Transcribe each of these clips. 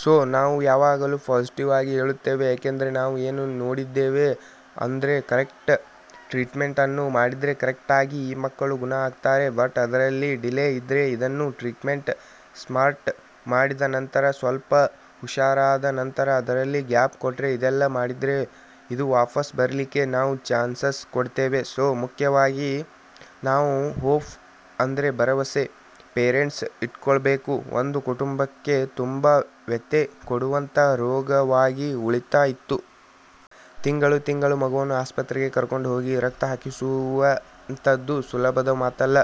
So ನಾವು ಯಾವಾಗಲೂ positive ಆಗಿ ಹೇಳುತ್ತೇವೆ ಯಾಕೆಂದ್ರೆ ನಾವು ಏನು ನೋಡಿದ್ದೇವೆ ಅಂದ್ರೆ ಕರೆಕ್ಟ್ ಟ್ರೀಟ್ಮೆಂಟ್ ಅನ್ನು ಮಾಡಿದ್ರೆ ಕರೆಕ್ಟಾಗಿ ಈ ಮಕ್ಕಳು ಗುಣ ಆಗ್ತಾರೆ ಬಟ್ ಇದರಲ್ಲಿ ಡಿಲೇ ಇದ್ರೆ ಇದನ್ನು ಟ್ರೀಟ್ಮೆಂಟ್ ಸ್ಟಾರ್ಟ್ ಮಾಡಿದ ನಂತರ ಸ್ವಲ್ಪ ಹುಷಾರಾದ ನಂತರ ಅದರಲ್ಲಿ ಗ್ಯಾಪ್ ಕೊಟ್ರೆ ಇದೆಲ್ಲ ಮಾಡಿದ್ರೆ ಇದು ವಾಪಸ್ ಬರಲಿಕ್ಕೆ ನಾವು ಚಾನ್ಸಸ್ ಕೊಡ್ತೇವೆ ಸೋ ಮುಖ್ಯವಾಗಿ ನಾವು ಹೋಪ್ ಅಂದ್ರೆ ಭರವಸೆ ಪೇರೆಂಟ್ಸ್ ಇಟ್ಕೊಳ್ಬೇಕು ಒಂದು ಕುಟುಂಬಕ್ಕೆ ತುಂಬಾ ವ್ಯಥೆ ಕೊಡುವಂತ ರೋಗವಾಗಿ ಉಳಿತಾ ಇತ್ತು. ತಿಂಗಳು ತಿಂಗಳು ಮಗುವನ್ನ ಆಸ್ಪತ್ರೆಗೆ ಕರ್ಕೊಂಡು ಹೋಗಿ ರಕ್ತ ಹಾಕಿಸುವಂತದ್ದು ಸುಲಭದ ಮಾತಲ್ಲ.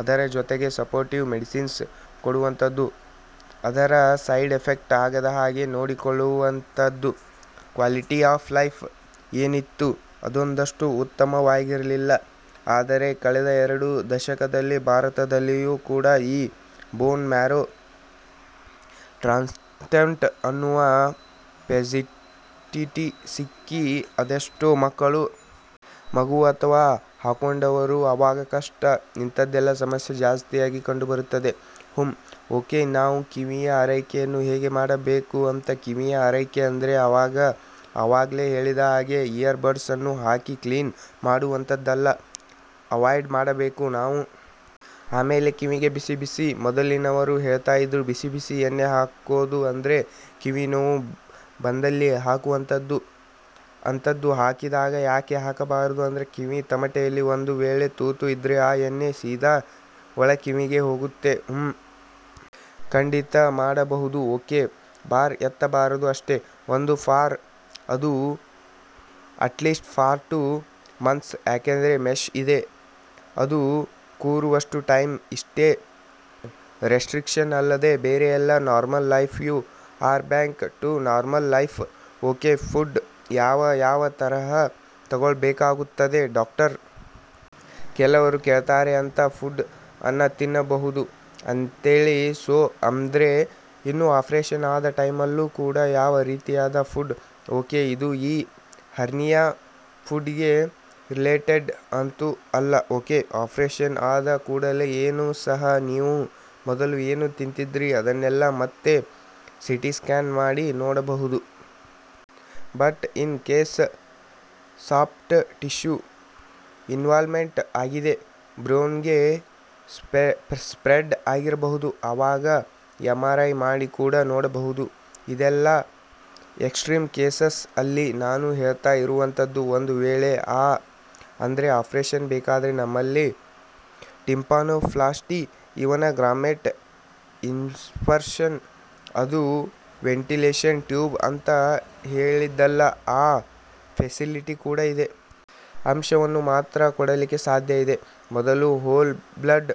ಅದರ ಜೊತೆಗೆ ಸಪೋರ್ಟಿವ್ ಮೆಡಿಸಿನ್ಸ್ ಕೊಡುವಂತದ್ದು ಅದರ ಸೈಡ್ ಎಫೆಕ್ಟ್ ಆಗದ ಹಾಗೆ ನೋಡಿಕೊಳ್ಳುವಂತದ್ದು ಕ್ವಾಲಿಟಿ ಆಫ್ ಲೈಫ್ ಏನಿತ್ತು ಅದೊಂದಷ್ಟು ಉತ್ತಮವಾಗಿರಲಿಲ್ಲ. ಆದರೆ ಕಳೆದ ಎರಡು ದಶಕದಲ್ಲಿ ಭಾರತದಲ್ಲಿಯೂ ಕೂಡ ಈ ಬೋನ್ ಮ್ಯಾರೋ ಟ್ರಾನ್ಸ್ಪ್ಲಾಂಟ್ ಅನ್ನುವ ಫೆಸಿಲಿಟಿ ಸಿಕ್ಕಿ ಅದೆಷ್ಟೋ ಮಕ್ಕಳು. ಮಗು ಅಥವಾ ಹಾಕೊಂಡವರು ಅವಾಗ ಕಷ್ಟ ಇಂತದೆಲ್ಲಾ ಸಮಸ್ಯೆ ಜಾಸ್ತಿಯಾಗಿ ಕಂಡುಬರುತ್ತದೆ. ಹುಂ. ಓಕೆ ನಾವು ಕಿವಿಯ ಆರೈಕೆಯನ್ನು ಹೇಗೆ ಮಾಡಬೇಕು ಅಂತ ಕಿವಿಯ ಆರೈಕೆ ಅಂದ್ರೆ ಇವಾಗ ಆವಾಗ್ಲೇ ಹೇಳಿದ ಹಾಗೆ ಇಯರ್ ಬಡ್ಸ್ ಅನ್ನು ಹಾಕಿ ಕ್ಲೀನ್ ಮಾಡುವಂತದ್ದನ್ನ ಅವಾಯ್ಡ್ ಮಾಡಬೇಕು ನಾವು. ಆಮೇಲೆ ಕಿವಿಗೆ ಬಿಸಿ ಬಿಸಿ ಮೊದಲಿನವರು ಹೇಳ್ತಾ ಇದ್ರು ಬಿಸಿ ಬಿಸಿ ಎಣ್ಣೆ ಹಾಕೋದು ಅಂದ್ರೆ ಕಿವಿ ನೋವು ಬಂದಲ್ಲಿ ಹಾಕುವಂತದ್ದು ಅಂತದ್ದು ಹಾಕಿದಾಗ ಯಾಕೆ ಹಾಕಬಾರದು ಅಂದ್ರೆ ಕಿವಿ ತಮಟೆಯಲ್ಲಿ ಒಂದು ವೇಳೆ ತೂತ ಇದ್ರೆ ಆ ಎಣ್ಣೆ ಸೀದಾ ಒಳಕಿವಿಗೆ ಹೋಗುತ್ತೆ. ಹುಂ. ಖಂಡಿತ ಮಾಡಬಹುದು ಓಕೆ ಭಾರ ಎತ್ತಬಾರದು ಅಷ್ಟೇ. ಒಂದು ಫಾರ್ ಅದು ಅಟ್ಲೀಸ್ಟ್ ಫಾರ್ ಟು ಮಂತ್ಸ್ ಯಾಕಂದ್ರೆ ಮೆಶ್ ಇದೆ ಅದು ಕೂರುವಷ್ಟು ಟೈಮ್ ಇಷ್ಟೇ ರೆಸ್ಟ್ರಿಕ್ಷನ್ ಅಲ್ಲದೆ ಬೇರೆ ಎಲ್ಲಾ normal life you are back to normal life. Okay food ಯಾವ್ ಯಾವ್ ತರ ತಗೊಳ್ಬೇಕಾಗುತ್ತದೆ ಡಾಕ್ಟರ್. ಕೆಲವರು ಕೇಳ್ತಾರೆ ಇಂತ ಫುಡ್ ಅನ್ನ ತಿನ್ಬಹುದಾ ಅಂತೇಳಿ ಸೋ ಅಂದ್ರೆ ಇನ್ನು ಆಪರೇಷನ್ ಆದ ಟೈಮ್ ಅಲ್ಲೂ ಕೂಡ ಯಾವ್ ರೀತಿಯಾದ ಫುಡ್. ಓಕೆ ಇದು ಈ ಹರ್ನಿಯಾ ಫುಡ್ ಗೆ ರಿಲೇಟೆಡ್ ಅಂತೂ ಅಲ್ಲ ಓಕೆ. ಆಪರೇಷನ್ ಆದ ಕೂಡಲೇ ಏನು ಸಹ ನೀವು ಮೊದಲು ಏನು ತಿಂತಿದ್ರಿ ಅದನ್ನೆಲ್ಲಾ ಮತ್ತೆ ಸಿಟಿ ಸ್ಕ್ಯಾನ್ ಮಾಡಿ ನೋಡಬಹುದು. But in case soft tissue involvement ಆಗಿದೆ. ಬ್ರೈನ್ ಗೆ ಸ್ಪ್ರೆಡ್ ಆಗಿರಬಹುದು. ಆವಾಗ ಎಂಆರ್ ಐ ಮಾಡಿ ಕೂಡ ನೋಡಬಹುದು. ಇದೆಲ್ಲಾ ಎಕ್ಸ್ಟ್ರೀಮ್ ಕೇಸಸ್ ಅಲ್ಲಿ ನಾನು ಹೇಳ್ತಾ ಇರುವಂತದ್ದು ಒಂದು ವೇಳೆ ಆ ಅಂದ್ರೆ ಆಪರೇಷನ್ ಬೇಕಾದ್ರೆ ನಮ್ಮಲ್ಲಿ ಟಿಂಪಾನೋಪ್ಲಾಸ್ಟಿ ಇವನ್ ಗ್ರಾಮೆಟ್ ಇನ್ಸರ್ಷನ್ ಅದು ವೆಂಟಿಲೇಷನ್ ಟ್ಯೂಬ್ ಅಂತ ಹೇಳಿದಲ್ಲ ಆ ಫೆಸಿಲಿಟಿ ಕೂಡ ಇದೆ. ಅಂಶವನ್ನು ಮಾತ್ರ ಕೊಡಲಿಕ್ಕೆ ಸಾಧ್ಯ ಇದೆ. ಮೊದಲು ಹೋಲ್ ಬ್ಲಡ್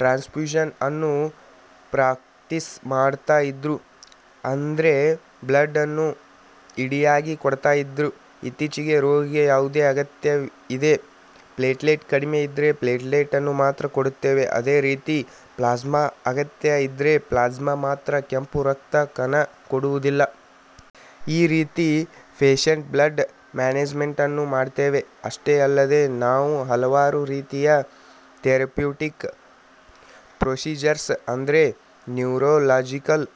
ಟ್ರಾನ್ಸ್ಫ್ಯೂಷನ್ ಅನ್ನು ಪ್ರಾಕ್ಟೀಸ್ ಮಾಡ್ತಾ ಇದ್ರು. ಅಂದ್ರೆ ಬ್ಲಡ್ ಅನ್ನು ಇಡಿಯಾಗಿ ಕೊಡ್ತಾ ಇದ್ರು. ಇತ್ತೀಚೆಗೆ ರೋಗಿಗೆ ಯಾವುದು ಅಗತ್ಯ ಇದೆ ಪ್ಲೇಟ್ಲೆಟ್ ಕಡಿಮೆ ಇದ್ರೆ ಪ್ಲೇಟ್ಲೆಟ್ ಅನ್ನು ಮಾತ್ರ ಕೊಡುತ್ತೇವೆ. ಅದೇ ರೀತಿ ಪ್ಲಾಸ್ಮಾ ಅಗತ್ಯ ಇದ್ರೆ ಪ್ಲಾಸ್ಮಾ ಮಾತ್ರ ಕೆಂಪು ರಕ್ತ ಕಣ ಕೊಡುವುದಿಲ್ಲ. ಈ ರೀತಿ ಪೇಷಂಟ್ ಬ್ಲಡ್ ಮ್ಯಾನೇಜ್ಮೆಂಟ್ ಅನ್ನು ಮಾಡ್ತೇವೆ. ಅಷ್ಟೇ ಅಲ್ಲದೆ ನಾವು ಹಲವಾರು ರೀತಿಯ ಥೆರಪ್ಯೂಟಿಕ್ ಪ್ರೊಸೀಜರ್ಸ್ ಅಂದ್ರೆ ನ್ಯೂರೋಲಾಜಿಕಲ್.